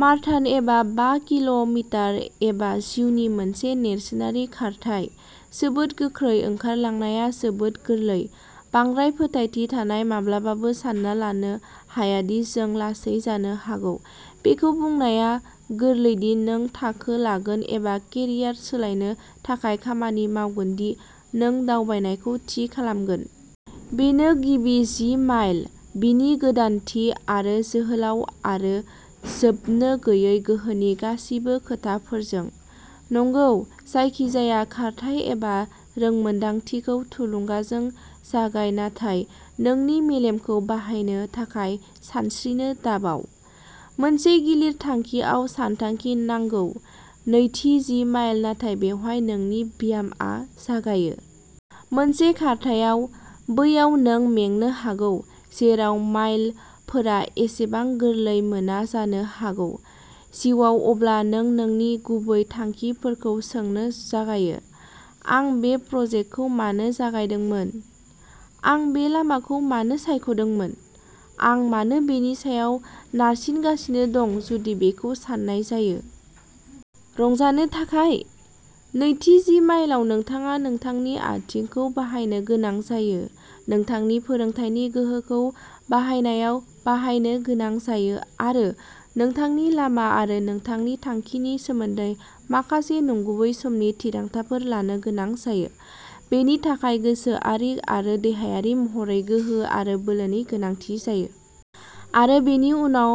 Marathon एबा बा किल' मिटार एबा जिउनि मोनसे नेरसोनारि खारथाय, जोबोद गोख्रै ओंखारलांनाया जोबोद गोरलै, बांद्राय फोथायथि थानाय माब्लाबाबो सानना लानो हाया दि जों लासै जानो हागौ। बेखौ बुंनाया गोरलै दि नों थाखो लागोन एबा केरियार सोलायनो थाखाय खामानि मावगोन दि नों दावबायनायखौ थि खालामगोन। बेनो गिबि जि माइल, बिनि गोदानथि आरो जोहोलाव आरो जोबनो गैयै गोहोनि गासिबो खोथाफोरजों। नंगौ जायखिजाया खारथाइ एबा रोंमोनदांथिखौ थुलुंगाजों जागाय नाथाय नोंनि मेलेमखौ बाहायनो थाखाय सानस्रिनो दाबाव। मोनसे गिलिर थांखिआव सानथांखि नांगौ। नैथि जि माइल नाथाय बेवहाय नोंनि ब्यामआ जागायो। मोनसे खारथायाव, बैयाव नों मेंनो हागौ, जेराव माइलफोरा एसेबां गोरलै मोना जानो हागौ। जिउआव अब्ला नों नोंनि गुबै थांखिफोरखौ सोंनो जागायो। आं बे प्रजेक्टखौ मानो जागायदोंमोन? आं बे लामाखौ मानो सायख'दोंमोन? आं मानो बेनि सायाव नारसिनगासिनो दं जुदि बेखौ सान्नाय जायो। रंजानो थाखाय? नैथि जि माइलआव नोंथाङा नोंथांनि आथिंखौ बाहायनो गोनां जायो, नोंथांनि फोरोंथायनि गोहोखौ बाहायनायाव बाहायनो गोनां जायो आरो नोंथांनि लामा आरो नोंथांनि थांखिनि सोमोन्दै माखासे नंगुबै समनि थिरांथाफोर लानो गोनां जायो। बेनि थाखाय गोसोआरि आरो देहायारि महरै गोहो आरो बोलोनि गोनांथि जायो। आरो बेनि उनाव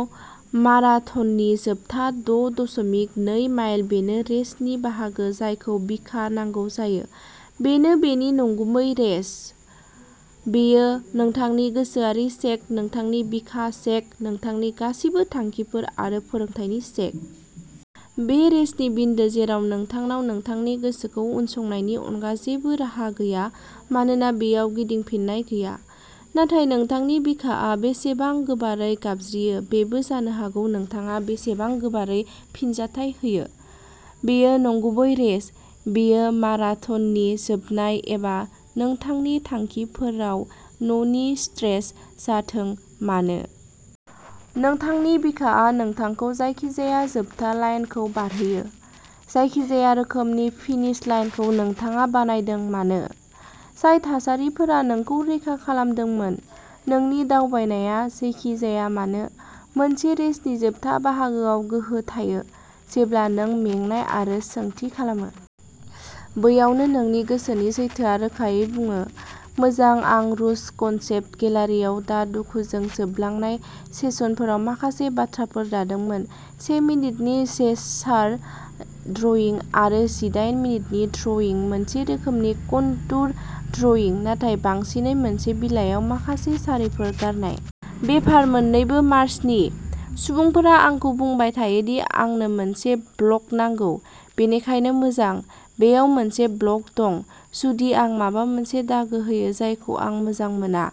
माराथननि जोबथा द' दशमिक नै माइल बेनो रेसनि बाहागो जायखौ बिखा नांगौ जायो। बेनो बेनि नंगुबै रेस। बेयो नोंथांनि गोसोआरि चेक नोंथांनि बिखा चेक नोंथांनि गासिबो थांखिफोर आरो फोरोंथायनि चेक। बे रेसनि बिन्दो जेराव नोंथांनाव नोंथांनि गोसोखौ उनसंनायनि अनगा जेबो राहा गैया मानोना बेयाव गिदिंफिननाय गैया। नाथाय नोंथांनि बिखाआ बेसेबां गोबारै गाबज्रियो बेबो जानो हागौ नोंथाङा बेसेबां गोबारै फिनजाथाय होयो। बेयो नंगुबै रेस, बेयो माराथननि जोबनाय एबा नोंथांनि थांखिफोराव न'नि स्ट्रेच जाथों मानो। नोंथांनि बिखाआ नोंथांखौ जायखिजाया जोबथा लाइनखौ बारहोयो। जायखिजाया रोखोमनि फिनिश लाइनखौ नोंथाङा बानायदों मानो। जाय थासारिफोरा नोंखौ रैखा खालामदोंमोन नोंनि दावबायनाया जेखि जाया मानो मोनसे रेसनि जोबथा बाहागोआव गोहो थायो जेब्ला नों मेंनाय आरो सोंथि खालामो। बैयावनो नोंनि गोसोनि सैथोआ रोखायै बुङो। मोजां आं रुज कन्सेप्ट गेलारियाव दा दुखुजों जोबलांनाय सेसनफोराव माखासे बाथ्राफोर दादोंमोन। से मिनिटनि जेसचार ड्रइं आरो जिदायेन मिनिटनि ड्रइं मोनसे रोखोमनि कन्टुर ड्रइं नाथाय बांसिनै मोनसे बिलाइयाव माखासे सारिफोर गारनाय। बेफोर मोन्नैबो मार्च नि। सुबुंफोरा आंखौ बुंबाय थायो दि आंनो मोनसे ब्लग नांगौ। बेनिखायनो, मोजां। बेयाव मोनसे ब्लग दं। जुदि आं माबा मोनसे दागो होयो जायखौ आं मोजां मोना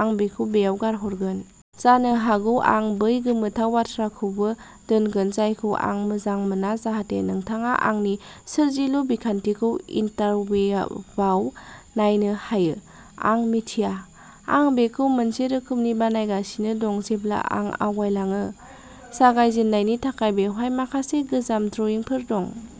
आं बेखौ बेयाव गारहरगोन। जानो हागौ आं बै गोमोथाव बाथ्राखौबो दोनगोन जायखौ आं मोजां मोना जाहाथे नोंथाङा आंनि सोरजिलु बिखान्थिखौ इन्टारवेबाव नायनो हायो। आं मिथिया। आं बेखौ मोनसे रोखोमनि बानायगासिनो दं जेब्ला आं आवगायलाङो। जागायजेन्नायनि थाखाय बेवहाय माखासे गोजाम ड्रइंफोर दं।